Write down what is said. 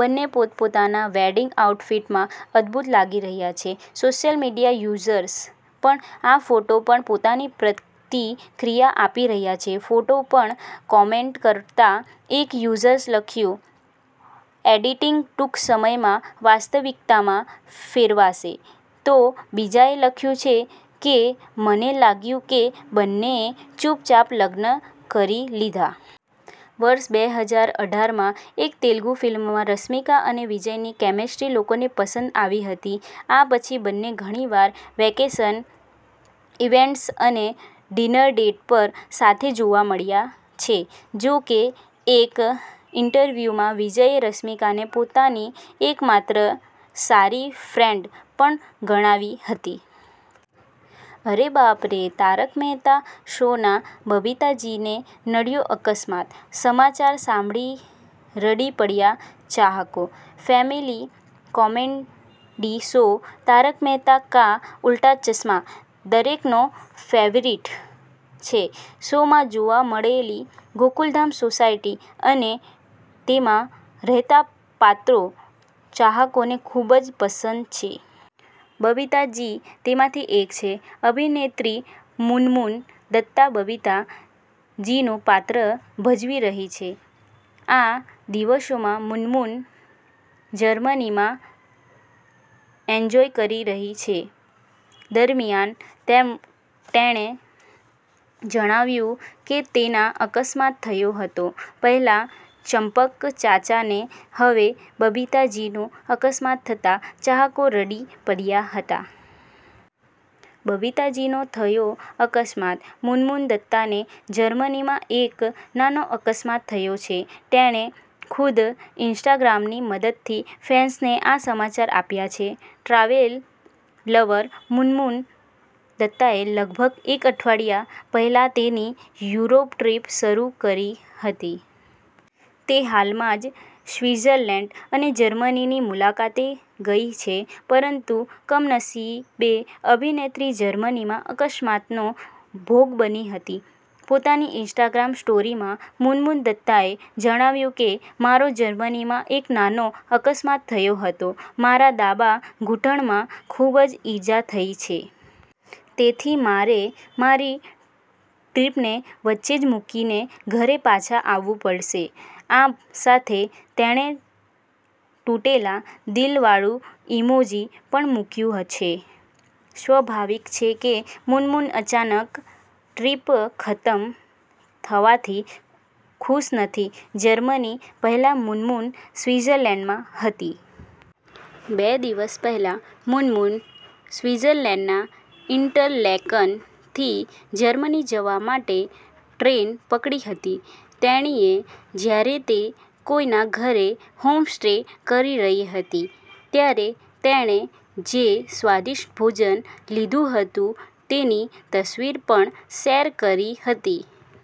બંને પોતપોતાના વેડિંગ આઉટફિટમાં અદભૂત લાગી રહ્યા છે. સોશિયલ મીડિયા યુઝર્સ પણ આ ફોટા પર પોતાની પ્રતિક્રિયા આપી રહ્યા છે. ફોટા પર કોમેન્ટ કરતાં એક યુઝરે લખ્યું, 'એડિટિંગ ટૂંક સમયમાં વાસ્તવિકતામાં ફેરવાશે'. તો બીજાએ લખ્યું છે કે, 'મને લાગ્યું કે બંનેએ ચૂપચાપ લગ્ન કરી લીધા'. વર્ષ બે હજાર અઠાર માં એક તેલુગુ ફિલ્મમાં રશ્મિકા અને વિજયની કેમેસ્ટ્રી લોકોને પસંદ આવી હતી. આ પછી બંને ઘણીવાર વેકેશન, ઈવેન્ટ્સ અને ડિનર ડેટ પર સાથે જોવા મળ્યા છે. જો કે એક ઈન્ટરવ્યુમાં વિજયે રશ્મિકાને પોતાની એકમાત્ર સારી ફ્રેન્ડ પણ ગણાવી હતી. અરે બાપ રે! 'તારક મહેતા' શો ના બબીતાજીને નડ્યો અકસ્માત, સમાચાર સાંભળી રડી પડ્યા ચાહકો. Family comedy show 'Taarak Mehta Ka Ooltah ચશ્મા' દરેકનો ફેવરિટ છે. શોમાં જોવા મળેલી ગોકુલધામ સોસાયટી અને તેમાં રહેતા પાત્રો ચાહકોને ખૂબ જ પસંદ છે. બબીતાજી તેમાંથી એક છે. અભિનેત્રી મુનમુન દત્તા બબીતા જીનું પાત્ર ભજવી રહી છે. આ દિવસોમાં મુનમુન જર્મનીમાં એન્જોય કરી રહી છે. દરમિયાન, તેણે જણાવ્યું કે તેનો અકસ્માત થયો હતો. પહેલા ચંપકચાચા ને હવે બબીતાજીનું અકસ્માત થતા ચાહકો રડી પડ્યા હતા. બબીતાજીનો થયો અકસ્માત: મુનમુન દત્તાને જર્મનીમાં એક નાનો અકસ્માત થયો છે. તેણે ખુદ ઈન્સ્ટાગ્રામની મદદથી ફેન્સને આ સમાચાર આપ્યા છે. ટ્રાવેલ લવર મુનમુન દત્તાએ લગભગ એક અઠવાડિયા પહેલા તેની યુરોપ ટ્રીપ શરૂ કરી હતી. તે હાલમાં જ સ્વિટ્ઝર્લેન્ડ અને જર્મનીની મુલાકાતે ગઈ છે. પરંતુ કમનસીબે અભિનેત્રી જર્મનીમાં અકસ્માતનો ભોગ બની હતી. પોતાની ઈન્સ્ટાગ્રામ સ્ટોરીમાં મુનમુન દત્તાએ જણાવ્યું કે, 'મારો જર્મનીમાં એક નાનો અકસ્માત થયો હતો. મારા ડાબા ઘૂંટણમાં ખૂબ જ ઈજા થઇ છે. તેથી મારે મારી ટ્રીપને વચ્ચે જ મુકીને ઘરે પાછા આવવું પડશે. આ સાથે તેણે તૂટેલા દિલ વાળું ઈમોજી પણ મુક્યું છે. સ્વાભાવિક છે કે મુનમુન અચાનક ટ્રીપ ખતમ થવાથી ખુશ નથી. જર્મની પહેલા મુનમુન સ્વિટ્ઝર્લેન્ડમાં હતી. બે દિવસ પહેલા મુનમુન સ્વિટ્ઝર્લેન્ડના ઈન્ટરલેકનથી જર્મની જવા માટે ટ્રેન પકડી હતી. તેણીએ જ્યારે તે કોઈના ઘરે હોમસ્ટે કરી રહી હતી ત્યારે તેણે જે સ્વાદિષ્ટ ભોજન લીધું હતું તેની તસવીર પણ શેર કરી હતી.